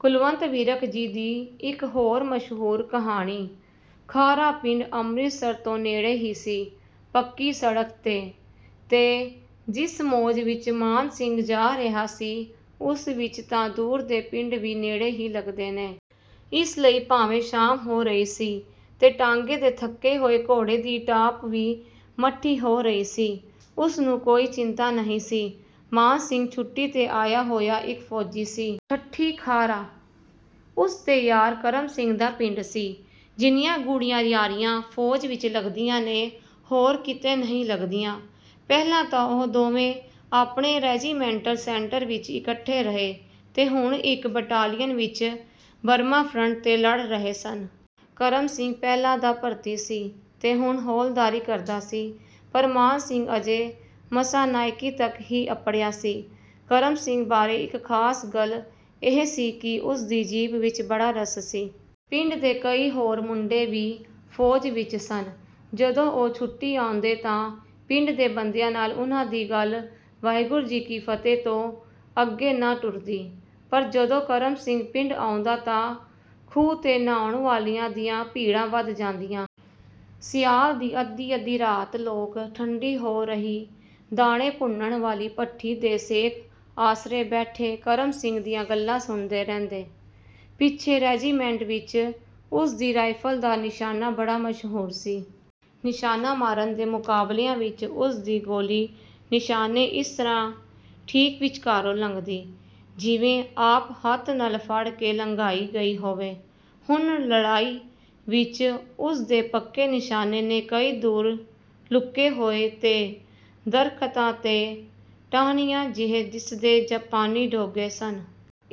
ਕੁਲਵੰਤ ਵਿਰਕ ਜੀ ਦੀ ਇੱਕ ਹੋਰ ਮਸ਼ਹੂਰ ਕਹਾਣੀ - ਖਾਰਾ ਪਿੰਡ ਅੰਮ੍ਰਿਤਸਰ ਤੋਂ ਨੇੜੇ ਹੀ ਸੀ, ਪੱਕੀ ਸੜਕ 'ਤੇ। ਤੇ ਜਿਸ ਮੌਜ ਵਿਚ ਮਾਨ ਸਿੰਘ ਜਾ ਰਿਹਾ ਸੀ, ਉਸ ਵਿਚ ਤਾਂ ਦੂਰ ਦੇ ਪਿੰਡ ਵੀ ਨੇੜੇ ਹੀ ਲੱਗਦੇ ਨੇ। ਇਸ ਲਈ ਭਾਵੇਂ ਸ਼ਾਮ ਹੋ ਰਹੀ ਸੀ ਤੇ ਟਾਂਗੇ ਦੇ ਥੱਕੇ ਹੋਏ ਘੋੜੇ ਦੀ ਟਾਪ ਵੀ ਮੱਠੀ ਹੋ ਰਹੀ ਸੀ, ਉਸ ਨੂੰ ਕੋਈ ਚਿੰਤਾ ਨਹੀਂ ਸੀ। ਮਾਨ ਸਿੰਘ ਛੁੱਟੀ 'ਤੇ ਆਇਆ ਹੋਇਆ ਇਕ ਫ਼ੌਜੀ ਸੀ। 'ਠੱਠੀ ਖਾਰਾ' ਉਸ ਦੇ ਯਾਰ ਕਰਮ ਸਿੰਘ ਦਾ ਪਿੰਡ ਸੀ। ਜਿੰਨੀਆਂ ਗੂੜ੍ਹੀਆਂ ਯਾਰੀਆਂ ਫ਼ੌਜ ਵਿਚ ਲੱਗਦੀਆਂ ਨੇ, ਹੋਰ ਕਿਤੇ ਨਹੀਂ ਲੱਗਦੀਆਂ। ਪਹਿਲਾਂ ਤਾਂ ਉਹ ਦੋਵੇਂ ਆਪਣੇ ਰੈਜੀਮੈਂਟਲ ਸੈਂਟਰ ਵਿਚ ਇਕੱਠੇ ਰਹੇ ਤੇ ਹੁਣ ਇਕ ਬਟਾਲੀਅਨ ਵਿਚ ਬਰਮਾ ਫਰੰਟ 'ਤੇ ਲੜ ਰਹੇ ਸਨ। ਕਰਮ ਸਿੰਘ ਪਹਿਲਾਂ ਦਾ ਭਰਤੀ ਸੀ ਤੇ ਹੁਣ ਹੌਲਦਾਰੀ ਕਰਦਾ ਸੀ ਪਰ ਮਾਨ ਸਿੰਘ ਅਜੇ ਮਸਾਂ ਨਾਇਕੀ ਤੱਕ ਹੀ ਅੱਪੜਿਆ ਸੀ। ਕਰਮ ਸਿੰਘ ਬਾਰੇ ਇਕ ਖ਼ਾਸ ਗੱਲ ਇਹ ਸੀ ਕਿ ਉਸ ਦੀ ਜੀਭ ਵਿਚ ਬੜਾ ਰਸ ਸੀ। ਪਿੰਡ ਦੇ ਕਈ ਹੋਰ ਮੁੰਡੇ ਵੀ ਫ਼ੌਜ ਵਿਚ ਸਨ। ਜਦੋਂ ਉਹ ਛੁੱਟੀ ਆਉਂਦੇ ਤਾਂ ਪਿੰਡ ਦੇ ਬੰਦਿਆਂ ਨਾਲ ਉਨ੍ਹਾਂ ਦੀ ਗੱਲ 'ਵਾਹਿਗੁਰੂ ਜੀ ਕੀ ਫ਼ਤਹਿ' ਤੋਂ ਅੱਗੇ ਨਾ ਟੁਰਦੀ, ਪਰ ਜਦੋਂ ਕਰਮ ਸਿੰਘ ਪਿੰਡ ਆਉਂਦਾ ਤਾਂ ਖੂਹ 'ਤੇ ਨ੍ਹਾਉਣ ਵਾਲਿਆਂ ਦੀਆਂ ਭੀੜਾਂ ਵੱਧ ਜਾਂਦੀਆਂ। ਸਿਆਲ ਦੀ ਅੱਧੀ-ਅੱਧੀ ਰਾਤ ਲੋਕ ਠੰਡੀ ਹੋ ਰਹੀ ਦਾਣੇ ਭੁੰਨਣ ਵਾਲੀ ਭੱਠੀ ਦੇ ਸੇਕ ਆਸਰੇ ਬੈਠੇ ਕਰਮ ਸਿੰਘ ਦੀਆਂ ਗੱਲਾਂ ਸੁਣਦੇ ਰਹਿੰਦੇ। ਪਿੱਛੇ ਰੈਜੀਮੈਂਟ ਵਿਚ ਉਸ ਦੀ ਰਾਈਫਲ ਦਾ ਨਿਸ਼ਾਨਾ ਬੜਾ ਮਸ਼ਹੂਰ ਸੀ। ਨਿਸ਼ਾਨਾ ਮਾਰਨ ਦੇ ਮੁਕਾਬਲਿਆਂ ਵਿਚ ਉਸ ਦੀ ਗੋਲੀ ਨਿਸ਼ਾਨੇ ਇਸ ਤਰ੍ਹਾਂ ਠੀਕ ਵਿਚਕਾਰੋਂ ਲੰਘਦੀ, ਜਿਵੇਂ ਆਪ ਹੱਥ ਨਾਲ ਫੜ ਕੇ ਲੰਘਾਈ ਗਈ ਹੋਵੇ। ਹੁਣ ਲੜਾਈ ਵਿਚ ਉਸ ਦੇ ਪੱਕੇ ਨਿਸ਼ਾਨੇ ਨੇ ਕਈ ਦੂਰ ਲੁਕੇ ਹੋਏ ਤੇ ਦਰਖ਼ਤਾਂ ਦੇ ਟਾਹਣੀਆਂ ਜਿਹੇ ਦਿਸਦੇ ਜਾਪਾਨੀ ਡੇਗੇ ਸਨ।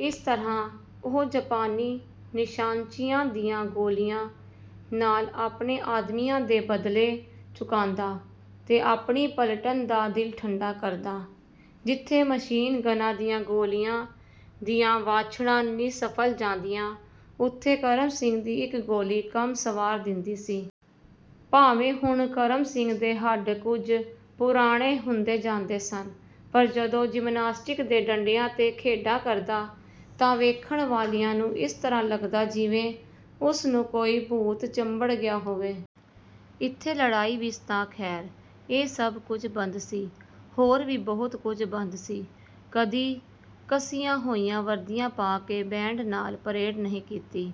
ਇਸ ਤਰ੍ਹਾਂ ਉਹ ਜਾਪਾਨੀ ਨਿਸ਼ਾਨਚੀਆਂ ਦੀਆਂ ਗੋਲੀਆਂ ਨਾਲ ਆਪਣੇ ਆਦਮੀਆਂ ਦੇ ਬਦਲੇ ਚੁਕਾਂਦਾ ਤੇ ਆਪਣੀ ਪਲਟਨ ਦਾ ਦਿਲ ਠੰਢਾ ਕਰਦਾ। ਜਿੱਥੇ ਮਸ਼ੀਨ ਗੰਨਾਂ ਦੀਆਂ ਗੋਲੀਆਂ ਦੀਆਂ ਵਾਛੜਾਂ ਨਿਸਫਲ ਜਾਂਦੀਆਂ, ਉੱਥੇ ਕਰਮ ਸਿੰਘ ਦੀ ਇਕ ਗੋਲੀ ਕੰਮ ਸਵਾਰ ਦਿੰਦੀ ਸੀ। ਭਾਵੇਂ ਹੁਣ ਕਰਮ ਸਿੰਘ ਦੇ ਹੱਡ ਕੁਝ ਪੁਰਾਣੇ ਹੁੰਦੇ ਜਾਂਦੇ ਸਨ, ਪਰ ਜਦੋਂ ਜਿਮਨਾਸਟਿਕ ਦੇ ਡੰਡਿਆਂ 'ਤੇ ਖੇਡਾਂ ਕਰਦਾ ਤਾਂ ਵੇਖਣ ਵਾਲਿਆਂ ਨੂੰ ਇਸ ਤਰ੍ਹਾਂ ਲੱਗਦਾ, ਜਿਵੇਂ ਉਸ ਨੂੰ ਕੋਈ ਭੂਤ ਚੰਬੜ ਗਿਆ ਹੋਵੇ। ਇੱਥੇ ਲੜਾਈ ਵਿਚ ਤਾਂ ਖ਼ੈਰ ਇਹ ਸਭ ਕੁਝ ਬੰਦ ਸੀ। ਹੋਰ ਵੀ ਬਹੁਤ ਕੁਝ ਬੰਦ ਸੀ। ਕਦੀ ਕੱਸੀਆਂ ਹੋਈਆਂ ਵਰਦੀਆਂ ਪਾ ਕੇ ਬੈਂਡ ਨਾਲ ਪਰੇਡ ਨਹੀਂ ਕੀਤੀ।